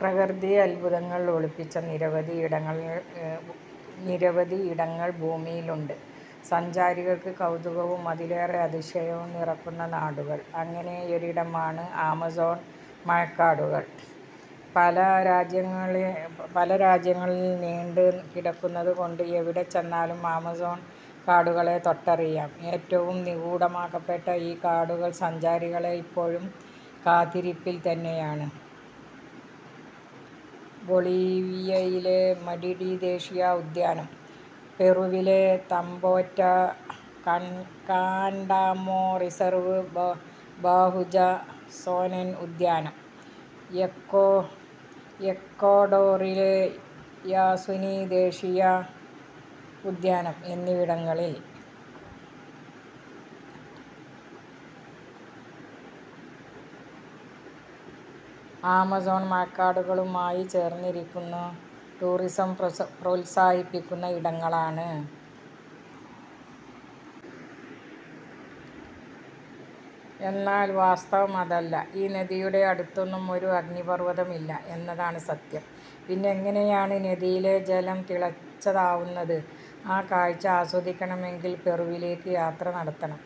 പ്രകൃതി അദ്ഭുതങ്ങൾ ഒളിപ്പിച്ച നിരവധിയിടങ്ങൾ ഭൂമിയിലുണ്ട്. സഞ്ചാരികൾക്ക് കൗതുകവും അതിലേറെ അതിശയവും നിറയ്ക്കുന്ന നാടുകൾ. അങ്ങനെയൊരിടമാണ് ആമസോൺ മഴക്കാടുകൾ. പല രാജ്യങ്ങളിൽ നീണ്ടു കിടക്കുന്നതു കൊണ്ട് എവിടെ ചെന്നാലും ആമസോൺ കാടുകളെ തൊട്ടറിയാം. ഏറ്റവും നിഗൂഢമാക്കപ്പെട്ട ഈ കാടുകൾ സഞ്ചാരികളെ ഇപ്പോഴും കാത്തിരിപ്പിൽ തന്നെയാണ്. ബൊളീവിയയിലെ മടിടി ദേശീയ ഉദ്യാനം, പെറുവിലെ Tambopata Candamo reserve, Bahuaja Sonene ഉദ്യാനം, എക്വഡോറിലെ യാസുനി ദേശീയ ഉദ്യാനം എന്നിവിടങ്ങൾ ആമസോൺ മഴക്കാടുകളുമായി ചേർന്നിരിക്കുന്ന ടൂറിസം പ്രോത്സാഹിപ്പിക്കുന്ന ഇടങ്ങളാണ്. എന്നാൽ വാസ്തവം അതല്ല, ഈ നദിയുടെ അടുത്തൊന്നും ഒരു അഗ്നിപർവതമില്ല എന്നതാണ് സത്യം. പിന്നെയെങ്ങനെയാണ് നദിയിലെ ജലം തിളച്ചതാവുന്നത്? ആ കാഴ്ച ആസ്വദിക്കണമെങ്കിൽ പെറുവിലേക്ക് യാത്ര നടത്തണം.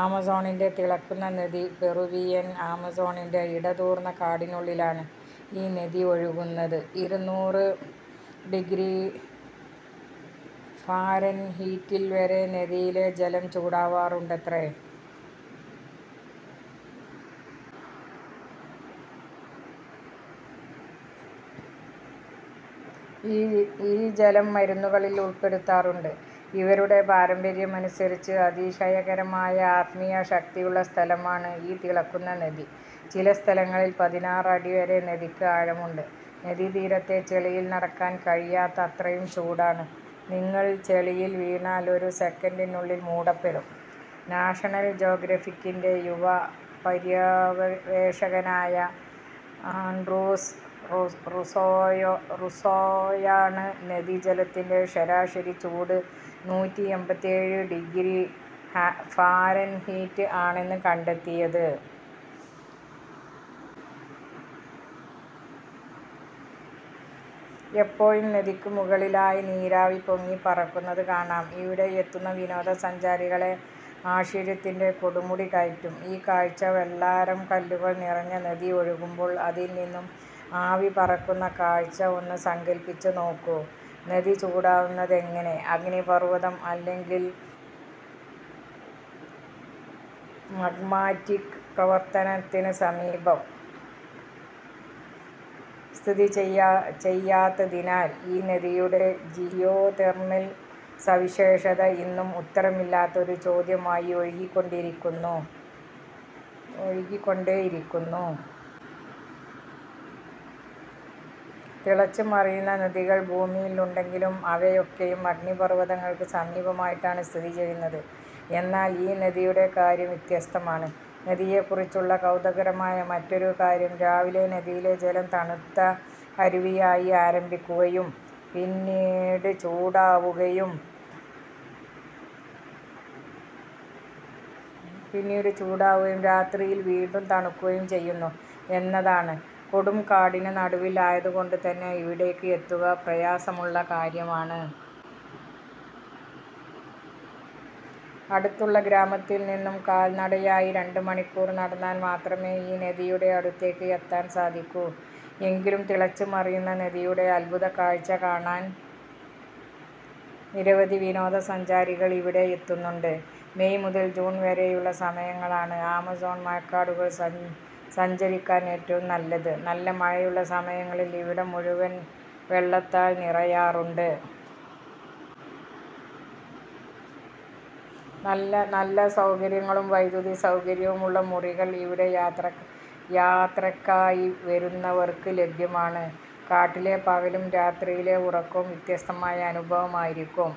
ആമസോണിന്റെ തിളക്കുന്ന നദി പെറുവിയൻ ആമസോണിന്റെ ഇടതൂർന്നകാടിനുള്ളിലാണ് ഈ നദി ഒഴുകുന്നത്. ഇരുനൂറ് ഡിഗ്രി ഫാരൻഹീറ്റിൽ വരെ നദിയിലെ ജലം ചൂടാവാറുണ്ടത്രേ. ഈ ജലം മരുന്നുകളിൽ ഉൾപ്പെടുത്താറുണ്ട്. ഇവരുടെ പാരമ്പര്യമനുസരിച്ച്, അതിശയകരമായ ആത്മീയ ശക്തിയുള്ള സ്ഥലമാണ് ഈ തിളക്കുന്ന നദി. ചില സ്ഥലങ്ങളിൽ പതിനാറ് അടി വരെ നദിക്ക് ആഴമുണ്ട്. നദീതീരത്തെ ചെളിയിൽ നടക്കാൻ കഴിയാത്തത്രയും ചൂടാണ്. നിങ്ങൾ ചെളിയിൽ വീണാൽ ഒരു സെക്കൻഡിനുള്ളിൽ മൂടപ്പെടും. നാഷണൽ ജോഗ്രഫിക്കിന്റെ യുവ പര്യവേഷകനായ ആൻഡ്രൂസ് റൂസോയാണ് നദി ജലത്തിന്റെ ശരാശരി ചൂട് നൂറ്റിഎമ്പത്തിയേഴ് ഡിഗ്രി ഫാരൻഹീറ്റ് ആണെന്ന് കണ്ടെത്തിയത്. എപ്പോഴും നദിക്കു മുകളിലായി നീരാവി പൊങ്ങി പറക്കുന്നത് കാണാം. ഇവിടെ എത്തുന്ന വിനോദസഞ്ചാരികളെ ആശ്ചര്യത്തിന്റെ കൊടുമുടി കയറ്റും ഈ കാഴ്ച. വെള്ളാരം കല്ലുകൾ നിറഞ്ഞ നദി ഒഴുകുമ്പോൾ അതിൽ നിന്നും ആവിപറക്കുന്ന കാഴ്ച ഒന്ന് സങ്കൽപ്പിച്ചു നോക്കൂ. നദി ചൂടാകുന്നതെങ്ങനെ. അഗ്നിപർവ്വതം അല്ലെങ്കിൽ മാഗ്മാറ്റിക് പ്രവർത്തനത്തിന് സമീപം സ്ഥിതിചെയ്യാത്തതിനാൽ ഈ നദിയുടെ ജിയോതെർമൽ സവിശേഷത ഇന്നും ഉത്തരമില്ലാത്ത ഒരു ചോദ്യമായി ഒഴുകിക്കൊണ്ടേയിരിക്കുന്നു. തിളച്ചുമറിയുന്ന നദികൾ ഭൂമിയിൽ ഉണ്ടെങ്കിലും അവയൊക്കെയും അഗ്നിപർവ്വതങ്ങൾക്ക് സമീപമായിട്ടാണ് സ്ഥിതി ചെയ്യുന്നത്. എന്നാൽ ഈ നദിയുടെ കാര്യം വ്യത്യസ്തമാണ്. നദിയെക്കുറിച്ചുള്ള കൗതുകകരമായ മറ്റൊരു കാര്യം, രാവിലെ നദിയിലെ ജലം തണുത്ത അരുവിയായി ആരംഭിക്കുകയും പിന്നീട് ചൂടാവുകയും രാത്രിയിൽ വീണ്ടും തണുക്കുകയും ചെയ്യുന്നു എന്നതാണ്. കൊടും കാടിന് നടുവിൽ ആയതുകൊണ്ടുതന്നെ ഇവിടേക്ക് എത്തുക പ്രയാസമുള്ള കാര്യമാണ്. അടുത്തുള്ള ഗ്രാമത്തിൽ നിന്നും കാൽനടയായി രണ്ടുമണിക്കൂർ നടന്നാൽ മാത്രമേ ഈ നദിയുടെ അടുത്തേക്ക് എത്താൻ സാധിക്കൂ. എങ്കിലും തിളച്ചുമറിയുന്ന നദിയുടെ അദ്ഭുത കാഴ്ച കാണാൻ നിരവധി വിനോദസഞ്ചാരികൾ ഇവിടെ എത്തുന്നുണ്ട്. മെയ് മുതൽ ജൂൺ വരെയുള്ള സമയങ്ങളാണ് ആമസോൺ മഴക്കാടുകൾ സഞ്ചരിക്കാൻ ഏറ്റവും നല്ലത്. നല്ല മഴയുള്ള സമയങ്ങളിൽ ഇവിടം മുഴുവൻ വെള്ളത്താൽ നിറയാറുണ്ട്. നല്ല സൗകര്യങ്ങളും വൈദ്യുതി സൗകര്യവുമുള്ള മുറികൾ ഇവിടെ യാത്രയ്ക്കായി വരുന്നവർക്ക് ലഭ്യമാണ്. കാട്ടിലെ പകലും രാത്രിയിലെ ഉറക്കവും വ്യത്യസ്തമായ അനുഭവമായിരിക്കും.